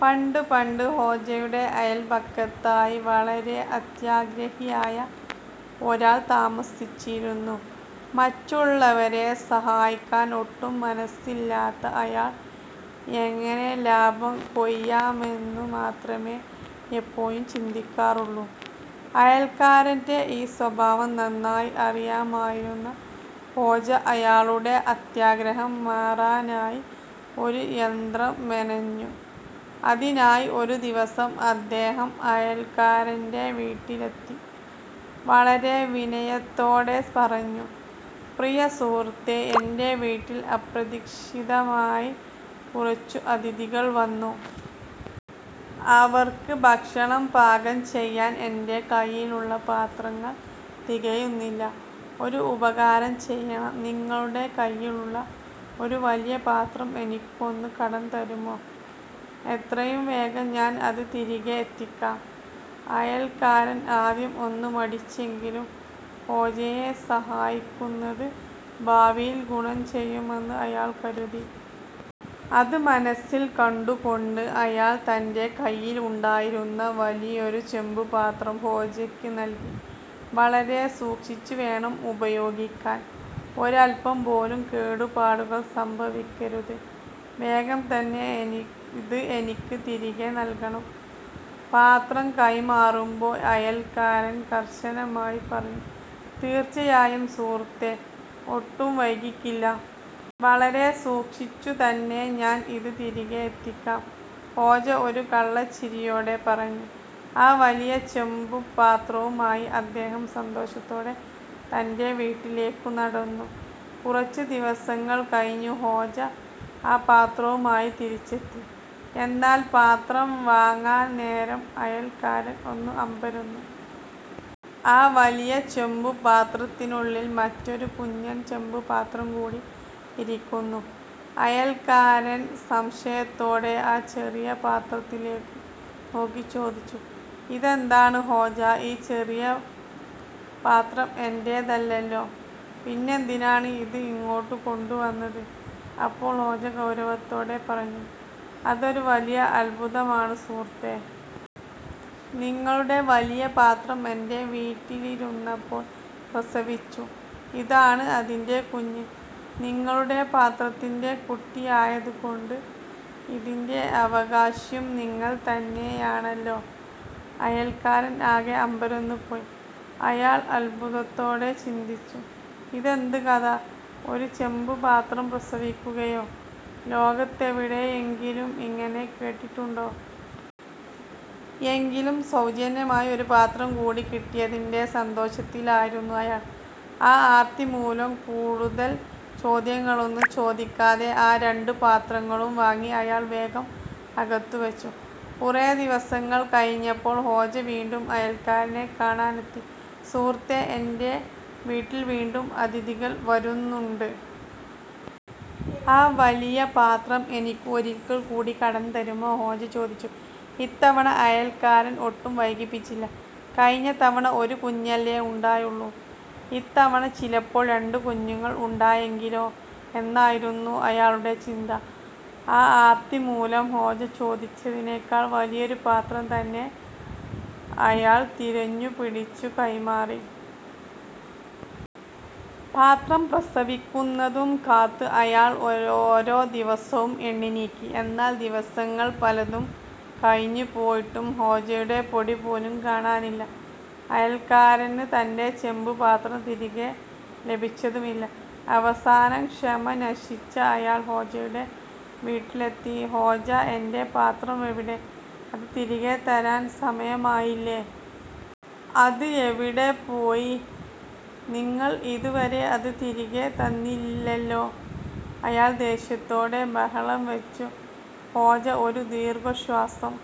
പണ്ട് പണ്ട്, ഹോജയുടെ അയൽപക്കത്തായി വളരെ അത്യാഗ്രഹിയായ ഒരാൾ താമസിച്ചിരുന്നു. മറ്റുള്ളവരെ സഹായിക്കാൻ ഒട്ടും മനസ്സില്ലാത്ത അയാൾ, എങ്ങനെ ലാഭം കൊയ്യാമെന്നു മാത്രമേ എപ്പോഴും ചിന്തിക്കാറുള്ളൂ. അയൽക്കാരന്റെ ഈ സ്വഭാവം നന്നായി അറിയാമായിരുന്ന ഹോജ, അയാളുടെ അത്യാഗ്രഹം മാറ്റാനായി ഒരു തന്ത്രം മെനഞ്ഞു. അതിനായി ഒരു ദിവസം അദ്ദേഹം അയൽക്കാരന്റെ വീട്ടിലെത്തി വളരെ വിനയത്തോടെ പറഞ്ഞു: "പ്രിയ സുഹൃത്തേ, എന്റെ വീട്ടിൽ അപ്രതീക്ഷിതമായി കുറച്ച് അതിഥികൾ വന്നു. അവർക്ക് ഭക്ഷണം പാകം ചെയ്യാൻ എന്റെ കയ്യിലുള്ള പാത്രങ്ങൾ തികയുന്നില്ല. ഒരു ഉപകാരം ചെയ്യണം, നിങ്ങളുടെ കയ്യിലുള്ള ഒരു വലിയ പാത്രം എനിക്കൊന്ന് കടം തരുമോ? എത്രയും വേഗം ഞാൻ അത് തിരികെ എത്തിക്കാം. " അയൽക്കാരൻ ആദ്യം ഒന്ന് മടിച്ചെങ്കിലും ഹോജയെ സഹായിക്കുന്നത് ഭാവിയിൽ ഗുണം ചെയ്യുമെന്ന് അയാൾ കരുതി. അത് മനസ്സിൽ കണ്ടുകൊണ്ട് അയാൾ തന്റെ കയ്യിലുണ്ടായിരുന്ന വലിയൊരു ചെമ്പ് പാത്രം ഹോജയ്ക്ക് നൽകി. "വളരെ സൂക്ഷിച്ചു വേണം ഉപയോഗിക്കാൻ, ഒരല്പം പോലും കേടുപാടുകൾ സംഭവിക്കരുത്! വേഗം തന്നെ ഇത് എനിക്ക് തിരികെ നൽകണം. " പാത്രം കൈമാറുമ്പോൾ അയൽക്കാരൻ കർശനമായി പറഞ്ഞു. "തീർച്ചയായും സുഹൃത്തേ, ഒട്ടും വൈകിക്കില്ല! വളരെ സൂക്ഷിച്ചുതന്നെ ഞാൻ ഇത് തിരികെ എത്തിക്കാം. " ഹോജ ഒരു കള്ളച്ചിരിയോടെ പറഞ്ഞു. ആ വലിയ ചെമ്പ് പാത്രവുമായി അദ്ദേഹം സന്തോഷത്തോടെ തന്റെ വീട്ടിലേക്ക് നടന്നു. കുറച്ചു ദിവസങ്ങൾ കഴിഞ്ഞ് ഹോജ ആ പാത്രവുമായി തിരിച്ചെത്തി. എന്നാൽ പാത്രം വാങ്ങാൻ നേരം അയൽക്കാരൻ ഒന്ന് അമ്പരന്നു. ആ വലിയ ചെമ്പ് പാത്രത്തിനുള്ളിൽ മറ്റൊരു കുഞ്ഞൻ ചെമ്പ് പാത്രം കൂടി ഇരിക്കുന്നു! അയൽക്കാരൻ സംശയത്തോടെ ആ ചെറിയ പാത്രത്തിലേക്ക് നോക്കി ചോദിച്ചു: "ഇതെന്താണ് ഹോജ? ഈ ചെറിയ പാത്രം എന്റേതല്ലല്ലോ! പിന്നെന്തിനാണ് ഇത് ഇങ്ങോട്ട് കൊണ്ടുവന്നത്? " അപ്പോൾ ഹോജ ഗൗരവത്തോടെ പറഞ്ഞു: "അതൊരു വലിയ അത്ഭുതമാണ് സുഹൃത്തേ! നിങ്ങളുടെ വലിയ പാത്രം എന്റെ വീട്ടിലിരുന്നപ്പോൾ പ്രസവിച്ചു. ഇതാണ് അതിന്റെ കുഞ്ഞ്! നിങ്ങളുടെ പാത്രത്തിന്റെ കുട്ടിയായതുകൊണ്ട് ഇതിന്റെ അവകാശിയും നിങ്ങൾ തന്നെയാണല്ലോ. " അയൽക്കാരൻ ആകെ അമ്പരന്നുപോയി. അയാൾ അത്ഭുതത്തോടെ ചിന്തിച്ചു: "ഇതെന്ത് കഥ! ഒരു ചെമ്പ് പാത്രം പ്രസവിക്കുകയോ? ലോകത്ത് എവിടെയെങ്കിലും ഇങ്ങനെ കേട്ടിട്ടുണ്ടോ! " എങ്കിലും സൗജന്യമായി ഒരു പാത്രം കൂടി കിട്ടിയതിന്റെ സന്തോഷത്തിലായിരുന്നു അയാൾ. ആ ആർത്തി മൂലം കൂടുതൽ ചോദ്യങ്ങളൊന്നും ചോദിക്കാതെ ആ രണ്ട് പാത്രങ്ങളും വാങ്ങി അയാൾ വേഗം അകത്തുവെച്ചു. കുറേ ദിവസങ്ങൾ കഴിഞ്ഞപ്പോൾ ഹോജ വീണ്ടും അയൽക്കാരനെ കാണാൻ എത്തി. "സുഹൃത്തേ, എന്റെ വീട്ടിൽ വീണ്ടും അതിഥികൾ വരുന്നുണ്ട്. ആ വലിയ പാത്രം എനിക്ക് ഒരിക്കൽ കൂടി കടം തരുമോ? " ഹോജ ചോദിച്ചു. ഇത്തവണ അയൽക്കാരൻ ഒട്ടും വൈകിപ്പിച്ചില്ല. 'കഴിഞ്ഞ തവണ ഒരു കുഞ്ഞല്ലേ ഉണ്ടായുള്ളൂ, ഇത്തവണ ചിലപ്പോൾ രണ്ട് കുഞ്ഞുങ്ങൾ ഉണ്ടായെങ്കിലോ! ' എന്നായിരുന്നു അയാളുടെ ചിന്ത. ആ ആർത്തി മൂലം ഹോജ ചോദിച്ചതിനേക്കാൾ വലിയൊരു പാത്രം തന്നെ അയാൾ തിരഞ്ഞു പിടിച്ച് കൈമാറി. പാത്രം പ്രസവിക്കുന്നതും കാത്ത് അയാൾ ഓരോ ദിവസവും എണ്ണിനീക്കി. എന്നാൽ ദിവസങ്ങൾ പലതും കഴിഞ്ഞു പോയിട്ടും ഹോജയുടെ പൊടിപോലും കാണാനില്ല അയൽക്കാരന് തന്റെ ചെമ്പ് പാത്രം തിരികെ ലഭിച്ചതുമില്ല. അവസാനം ക്ഷമ നശിച്ച അയാൾ ഹോജയുടെ വീട്ടിലെത്തി. "ഹോജ, എന്റെ പാത്രം എവിടെ? അത് തിരികെ തരാൻ സമയമായില്ലേ! അത് എവിടെപ്പോയി? നിങ്ങൾ ഇതുവരെ അത് തിരികെ തന്നില്ലല്ലോ! " അയാൾ ദേഷ്യത്തോടെ ബഹളം വെച്ചു. ഹോജ ഒരു ദീർഘശ്വാസം